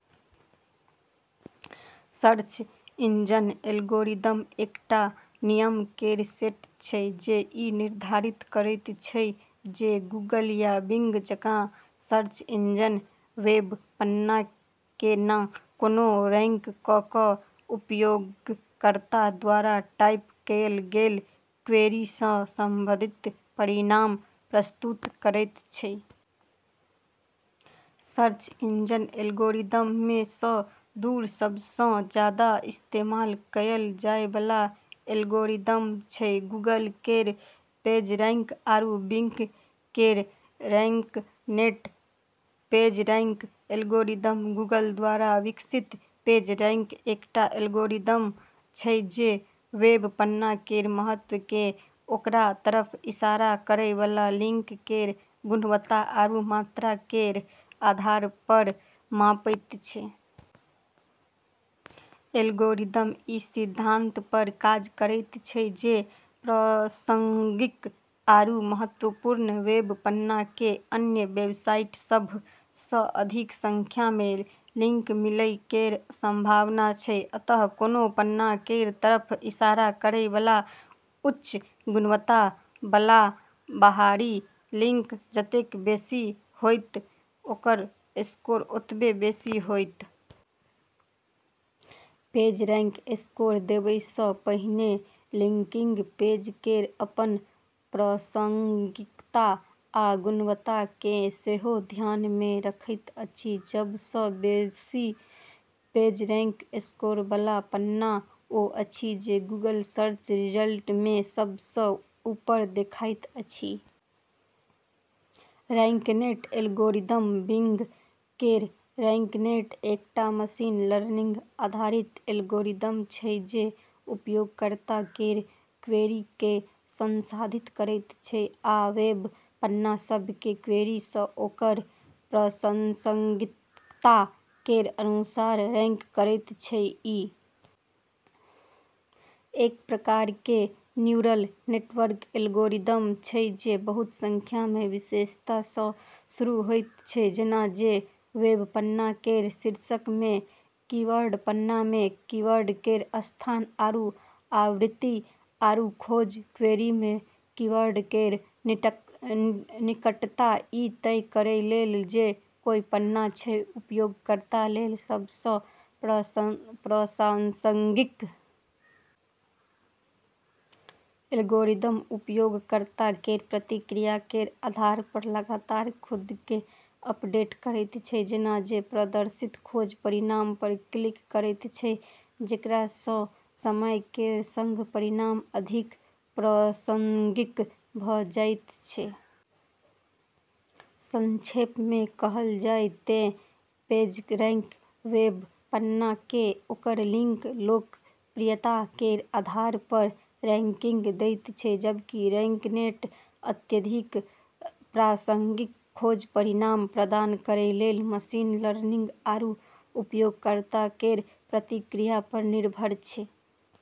Search engine algorithm एकटा नियम केर सेट छै जे ई निर्धारित करैत छै जे गूगल या बिंग जकाँ सर्च इंजन वेब पन्ना केँ कोना रैंक कऽ कऽ उपयोगकर्ता द्वारा टाइप कएल गेल क्वेरी सँ संबंधित परिणाम प्रस्तुत करैत छै। सर्च इंजन एल्गोरिदम मे सँ दू सब सँ जादा इस्तेमाल कएल जाए बला एल्गोरिदम छै गूगल केर पेजरैंक आरू बिंग केर रैंकनेट। पेजरैंक एल्गोरिदम: गूगल द्वारा विकसित पेजरैंक एकटा एल्गोरिदम छै जे वेब पन्ना केर महत्व केँ ओकरा तरफ इशारा करै बला लिंक केर गुणवत्ता आरू मात्रा केर आधार पर मापैत छै। एल्गोरिदम ई सिद्धांत पर काज करैत छै जे प्रासंगिक आरू महत्वपूर्ण वेब पन्ना केँ अन्य वेबसाइट सभ सँ अधिक संख्या मे लिंक मिलै केर संभावना छै। अतः, कोनो पन्ना केर तरफ इशारा करै बला उच्च गुणवत्ता बला बाहरी लिंक जतेक बेसी होएत, ओकर स्कोर ओतबे बेसी होएत। पेजरैंक स्कोर देबै सँ पहिने लिंकिंग पेज केर अपन प्रासंगिकता आ गुणवत्ता केँ सेहो ध्यान मे रखैत अछि। सब सँ बेसी पेजरैंक स्कोर बला पन्ना ओ अछि जे गूगल सर्च रिजल्ट मे सब सँ ऊपर देखाइत अछि। रैंकनेट एल्गोरिदम: बिंग केर रैंकनेट एकटा मशीन-लर्निंग आधारित एल्गोरिदम छै जे उपयोगकर्ता केर क्वेरी केँ संसाधित करैत छै आ वेब पन्ना सभ केँ क्वेरी सँ ओकर प्रासंगिकता केर अनुसार रैंक करैत छै। ई एक प्रकार केर न्यूरल नेटवर्क एल्गोरिदम छै जे बहुत संख्या मे विशेषता सँ शुरू होइत छै, जेना जे वेब पन्ना केर शीर्षक मे कीवर्ड, पन्ना मे कीवर्ड केर स्थान आरू आवृत्ति, आरू खोज क्वेरी मे कीवर्ड केर निकटता ई तय करै लेल जे कोन पन्ना छै उपयोगकर्ता लेल सब सँ प्रासंगिक। एल्गोरिदम उपयोगकर्ता केर प्रतिक्रिया केर आधार पर लगातार खुद केँ अपडेट करैत छै जेना जे प्रदर्शित खोज परिणाम पर क्लिक करैत छै, जेकरा सँ समय केर सँग परिणाम अधिक प्रासंगिक भऽ जाइत छै। संक्षेप मे कहल जाय तँ पेजरैंक वेब पन्ना केँ ओकर लिंक लोकप्रियता केर आधार पर रैंकिंग दैत छै, जबकि रैंकनेट अत्यधिक प्रासंगिक खोज परिणाम प्रदान करै लेल मशीन लर्निंग आरू उपयोगकर्ता केर प्रतिक्रिया पर निर्भर छै।